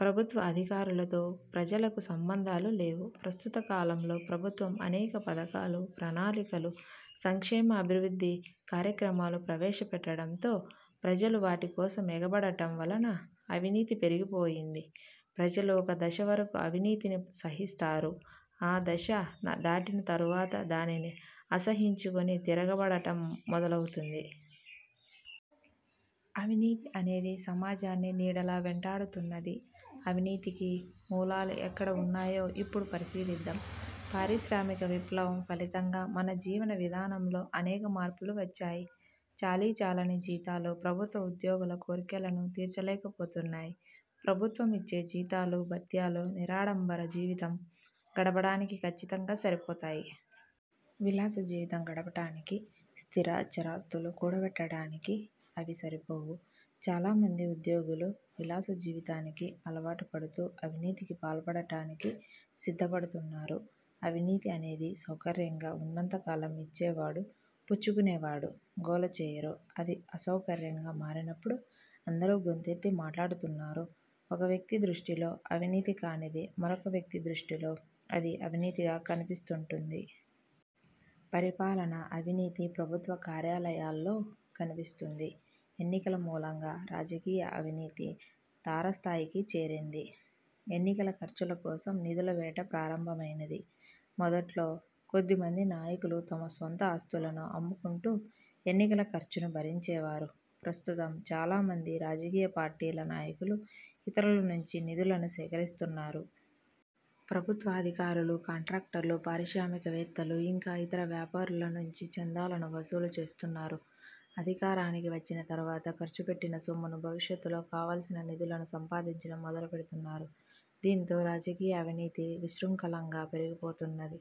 ప్రభుత్వ అధికారులతో ప్రజలకు సంబంధాలు లేవు. ప్రస్తుత కాలంలో ప్రభుత్వం అనేక పథకాలు, ప్రణాళికలు, సంక్షేమ, అభివృద్ధి కార్యక్రమాలు ప్రవేశపెట్టడంతో ప్రజలు వాటి కోసం ఎగబడటం వలన అవినీతి పెరిగిపోయింది. ప్రజలు ఒక దశ వరకు అవినీతిని సహిస్తారు. ఆ దశ దాటిన తర్వాత దానిని అసహ్యించుకుని తిరగబడటం మొదలవుతుంది. అవినీతి అనేది సమాజాన్ని నీడలా వెంటాడుతున్నది. అవినీతికి మూలాలు ఎక్కడ ఉన్నాయో ఇప్పుడు పరిశీలిద్దాం. పారిశ్రామిక విప్లవం ఫలితంగా మన జీవన విధానంలో అనేక మార్పులు వచ్చాయి. చాలీచాలని జీతాలు ప్రభుత్వ ఉద్యోగుల కోర్కెలను తీర్చలేకపోతున్నాయి. ప్రభుత్వం ఇచ్చే జీతాలు, భత్యాలు నిరాడంబర జీవితం గడపటానికి ఖచ్చితంగా సరిపోతాయి. విలాస జీవితం గడపటానికి, స్థిర, చరాస్తులు కూడబెట్టడానికి అవి సరిపోవు. చాలామంది ఉద్యోగులు విలాస జీవితానికి అలవాటుపడుతూ అవినీతికి పాల్పడటానికి సిద్ధపడుతున్నారు. అవినీతి అనేది సౌకర్యంగా ఉన్నంత కాలం ఇచ్చేవాడు, పుచ్చుకునేవాడు గోల చేయరు. అది అసౌకర్యంగా మారినప్పుడు అందరూ గొంతెత్తి మాట్లాడుతున్నారు. ఒక వ్యక్తి దృష్టిలో అవినీతి కానిది మరొక వ్యక్తి దృష్టిలో అది అవినీతిగా కనిపిస్తుంటుంది. పరిపాలన అవినీతి ప్రభుత్వ కార్యాలయాల్లో కనిపిస్తుంది. ఎన్నికల మూలంగా రాజకీయ అవినీతి తారస్థాయికి చేరింది. ఎన్నికల ఖర్చుల కోసం నిధుల వేట ప్రారంభమైనది. మొదట్లో కొద్దిమంది నాయకులు తమ స్వంత ఆస్తులను అమ్ముకుంటూ ఎన్నికల ఖర్చును భరించేవారు. ప్రస్తుతం చాలామంది రాజకీయ పార్టీల నాయకులు ఇతరుల నుంచి నిధులను సేకరిస్తున్నారు. ప్రభుత్వాధికారులు, కాంట్రాక్టర్లు, పారిశ్రామికవేత్తలు, ఇంకా ఇతర వ్యాపారుల నుంచి చందాలను వసూలు చేస్తున్నారు. అధికారానికి వచ్చిన తర్వాత ఖర్చుపెట్టిన సొమ్మును భవిష్యత్తులో కావలసిన నిధులను సంపాదించటం మొదలుపెడుతున్నారు. దీనితో రాజకీయ అవినీతి విశృంఖలంగా పెరిగిపోతున్నది.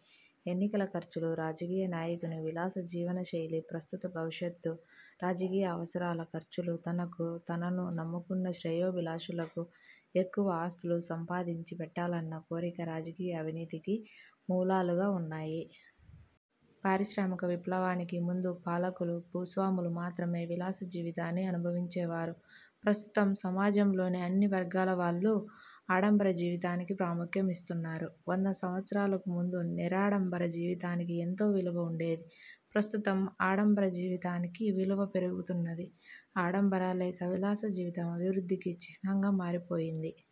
ఎన్నికల ఖర్చులు, రాజకీయ నాయకుని విలాస జీవన శైలి, ప్రస్తుత, భవిష్యత్తు రాజకీయ అవసరాల ఖర్చులు, తనకు, తనను నమ్ముకున్న శ్రేయోభిలాషులకు ఎక్కువ ఆస్తులు సంపాదించి పెట్టాలన్న కోరిక రాజకీయ అవినీతికి మూలాలుగా ఉన్నాయి. పారిశ్రామిక విప్లవానికి ముందు పాలకులు, భూస్వాములు మాత్రమే విలాస జీవితాన్ని అనుభవించేవారు. ప్రస్తుతం సమాజంలోని అన్నివర్గాల వాళ్ళు ఆడంబర జీవితానికి ప్రాముఖ్యం ఇస్తున్నారు. వంద సంవత్సరాలకు ముందు నిరాడంబర జీవితానికి ఎంతో విలువ ఉండేది. ప్రస్తుతం ఆడంబర జీవితానికి విలువ పెరుగుతున్నది. ఆడంబర లేక విలాస జీవితం అభివృద్ధికి చిహ్నంగా మారిపోయింది.